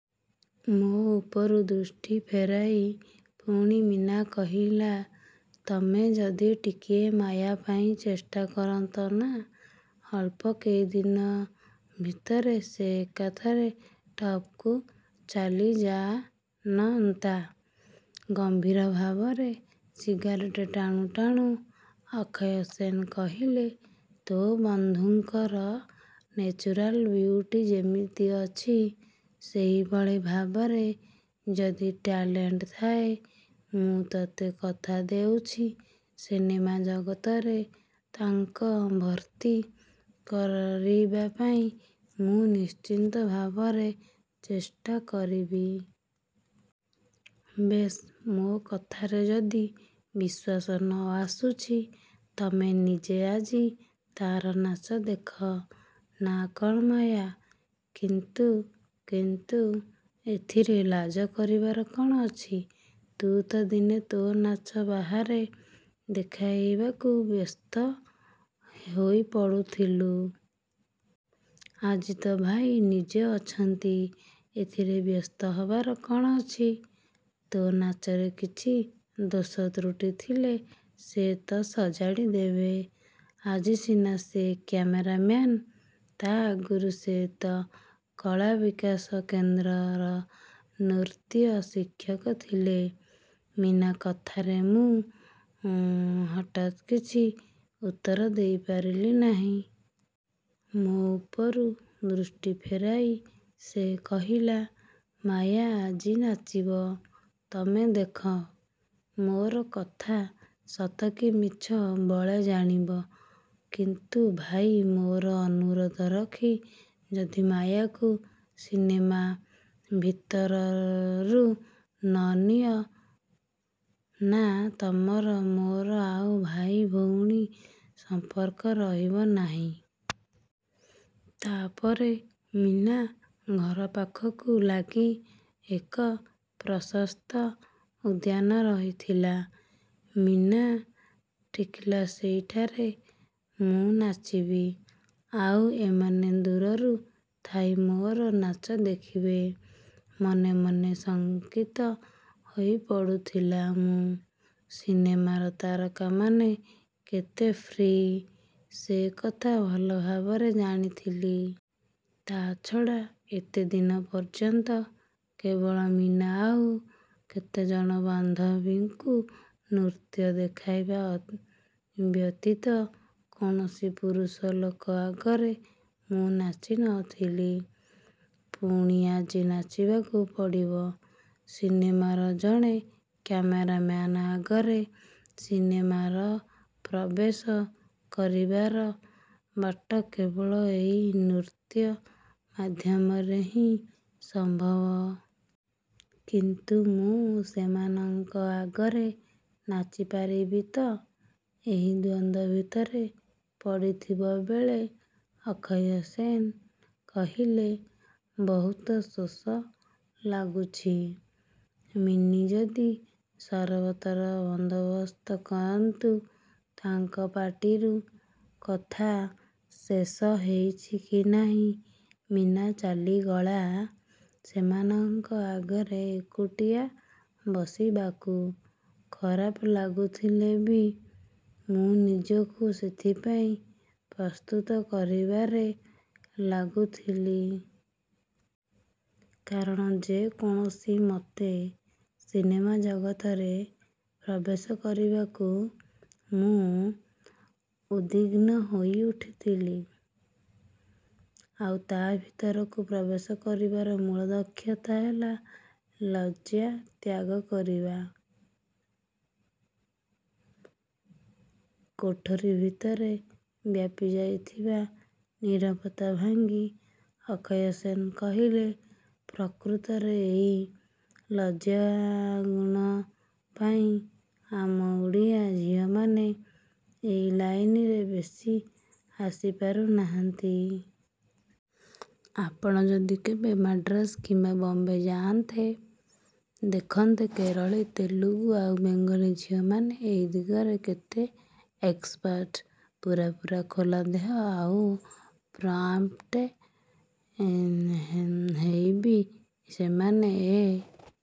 ମୋ ଉପରୁ ଦୃଷ୍ଟି ଫେରାଇ ପୁଣି ମୀନା କହିଲା, 'ତମେ ଯଦି ଟିକିଏ ମାୟା ପାଇଁ ଚେଷ୍ଟା କରନ୍ତ ନା, ଅଳ୍ପ କେଇଦିନ ଭିତରେ ସେ ଏକାଥରେ ଟପ୍କୁ ଚାଲିଯାଆନନ୍ତା। ' —ଗମ୍ଭୀର ଭାବରେ ସିଗାରେଟ୍ ଟାଣୁ ଟାଣୁ ଅକ୍ଷୟ ସେନ କହିଲେ, 'ତୋ ବନ୍ଧୁଙ୍କର ନେଚୁରାଲ ବିଉଟି ଯେମିତି ଅଛି, ସେହିଭଳି ଭାବରେ ଯଦି ଟ୍ୟାଲେଣ୍ଟ ଥାଏ, ମୁଁ ତୋତେ କଥା ଦେଉଛି, ସିନେମା ଜଗତରେ ତାଙ୍କ ଭର୍ତ୍ତି କରିବାପାଇଁ ମୁଁ ନିଶ୍ଚିତ ଭାବରେ ଚେଷ୍ଟା କରିବି। ' 'ବେଶ୍, ମୋ କଥାରେ ଯଦି ବିଶ୍ୱାସ ନ ଆସୁଛି, ତମେ ନିଜେ ଆଜି ତାର ନାଚ ଦେଖ। ନା, କ'ଣ ମାୟା? ' 'କିନ୍ତୁ, କିନ୍ତୁ... ' 'ଏଥିରେ ଲାଜ କରିବାର କ'ଣ ଅଛି! ତୁ ତ ଦିନେ ତୋ ନାଚ ବାହାରେ ଦେଖାଇବାକୁ ବ୍ୟସ୍ତ ହୋଇପଡ଼ୁଥିଲୁ। ଆଜି ତ ଭାଇ ନିଜେ ଅଛନ୍ତି। ଏଥିରେ ବ୍ୟସ୍ତ ହବାର କ'ଣ ଅଛି? ତୋ ନାଚରେ କିଛି ଦୋଷତ୍ରୁଟି ଥିଲେ ସେ ତ ସଜାଡ଼ିଦେବେ। ଆଜି ସିନା ସେ କ୍ୟାମେରାମ୍ୟାନ୍, ତା' ଆଗରୁ ସେ ତ କଳାବିକାଶ କେନ୍ଦ୍ରର ନୃତ୍ୟ ଶିକ୍ଷକ ଥିଲେ। ' —ମୀନା କଥାରେ ମୁଁ ହଠାତ୍କିଛି ଉତ୍ତର ଦେଇପାରିଲି ନାହିଁ। ମୋ ଉପରୁ ଦୃଷ୍ଟି ଫେରାଇ ସେ କହିଲା, 'ମାୟା ଆଜି ନାଚିବ, ତମେ ଦେଖ। ମୋର କଥା ସତ କି ମିଛ ବଳେ ଜାଣିବ। କିନ୍ତୁ ଭାଇ, ମୋର ଅନୁରୋଧ ରଖି ଯଦି ମାୟାକୁ ସିନେମା ଭିତରରୁ ନ ନିଅ ନା, ତମର ମୋର ଆଉ ଭାଇଭଉଣୀ ସମ୍ପର୍କ ରହିବ ନାହିଁ। ' ତା'ପରେ ମୀନା ଘର ପାଖକୁ ଲାଗି ଏକ ପ୍ରଶସ୍ତ ଉଦ୍ୟାନ ରହିଥିଲା। ମୀନା ଠିକ୍କଲା ସେଇଠାରେ ମୁଁ ନାଚିବି, ଆଉ ଏମାନେ ଦୂରରୁ ଥାଇ ମୋର ନାଚ ଦେଖିବେ। —ମନେ ମନେ ଶଙ୍କିତ ହୋଇପଡ଼ୁଥିଲା ମୁଁ। ସିନେମାର ତାରକାମାନେ କେତେ ଫ୍ରି ସେକଥା ଭଲ ଭାବରେ ଜାଣିଥିଲି। ତା'ଛଡ଼ା ଏତେଦିନ ପର୍ଯ୍ୟନ୍ତ କେବଳ ମୀନା ଆଉ କେତେଜଣ ବାନ୍ଧବୀଙ୍କୁ ନୃତ୍ୟ ଦେଖାଇବା ବ୍ୟତୀତ ଆ କୌଣସି ପୁରୁଷ ଲୋକ ଆଗରେ ମୁଁ ନାଚି ନ ଥିଲି। ପୁଣି ଆଜି ନାଚିବାକୁ ପଡ଼ିବ। ସିନେମାର ଜଣେ କ୍ୟାମେରାମ୍ୟାନ ଆଗର। ସିନେମାରେ ପ୍ରବେଶ କରିବାର ବାଟ କେବଳ ଏଇ ନୃତ୍ୟ ମାଧ୍ୟମରେ ହିଁ ସମ୍ଭବ। କିନ୍ତୁ ମୁଁ ସେମାନଙ୍କ ଆଗରେ ନାଚିପାରିବି ତ? ଏହି ଦ୍ୱନ୍ଦ୍ୱ ଭିତରେ ପଡ଼ିଥିବ ବେଳେ ଅକ୍ଷୟ ସେନ କହିଲେ, 'ବହୁତ ଶୋଷ ଲାଗୁଛି, ମିନୀ, ଯଦି ସରବତର ବନ୍ଦୋବସ୍ତ କରନ୍ତୁ... ' —ତାଙ୍କ ପାଟିରୁ କଥା ଶେଷ ହେଇଛି କି ନାହିଁ ମୀନା ଚାଲିଗଳା। ସେମାନଙ୍କ ଆଗରେ ଏକୁଟିଆ ବସିବାକୁ ଖରାପ ଲାଗୁଥିଲେ ବି, ମୁଁ ନିଜକୁ ସେଥିପାଇଁ ପ୍ରସ୍ତୁତ କରିବାରେ ଲାଗୁଥିଲି। କାରଣ ଯେ କୌଣସିମତେ ସିନେମା ଜଗତରେ ପ୍ରବେଶ କରିବାକୁ ମୁଁ ଉଦ୍ବିଗ୍ନ ହୋଇଉଠିଥିଲି। ଆଉ ତା' ଭିତରକୁ ପ୍ରବେଶ କରିବାର ମୂଳ ଦକ୍ଷତା ହେଲା ଲଜ୍ଜା ତ୍ୟାଗ କରିବା-। —କୋଠରି ଭିତରେ ବ୍ୟାପିଯାଇଥିବା ନୀରବତା ଭାଙ୍ଗି ଅକ୍ଷୟ ସେନ କହିଲେ, ପ୍ରକୃତରେ ଏଇ ଲଜ୍ଜାଗୁଣ ପାଇଁ ଆମ ଓଡ଼ିଆ ଝିଅମାନେ ଏଇ ଲାଇନରେ ବେଶି ଆସିପାରୁନାହାନ୍ତି। ଆପଣ ଯଦି କେବେ ମାଡ୍ରାସ କିମ୍ବା ବମ୍ବେ ଯାଆନ୍ତେ, ଦେଖନ୍ତେ କେରଳୀ, ତେଲଗୁ, ଆଉ ବେଙ୍ଗଲୀ ଝିଅମାନେ ଏଇ ଦିଗରେ କେତେ ଏକ୍ସ୍ପାର୍ଟ। ପୂରା ପୂରା ଖୋଲା ଦେହ ଆଉ ପ୍ରମ୍ପ୍ଟ୍ ହେନ ହେଇବି ସେମାନେ ଏ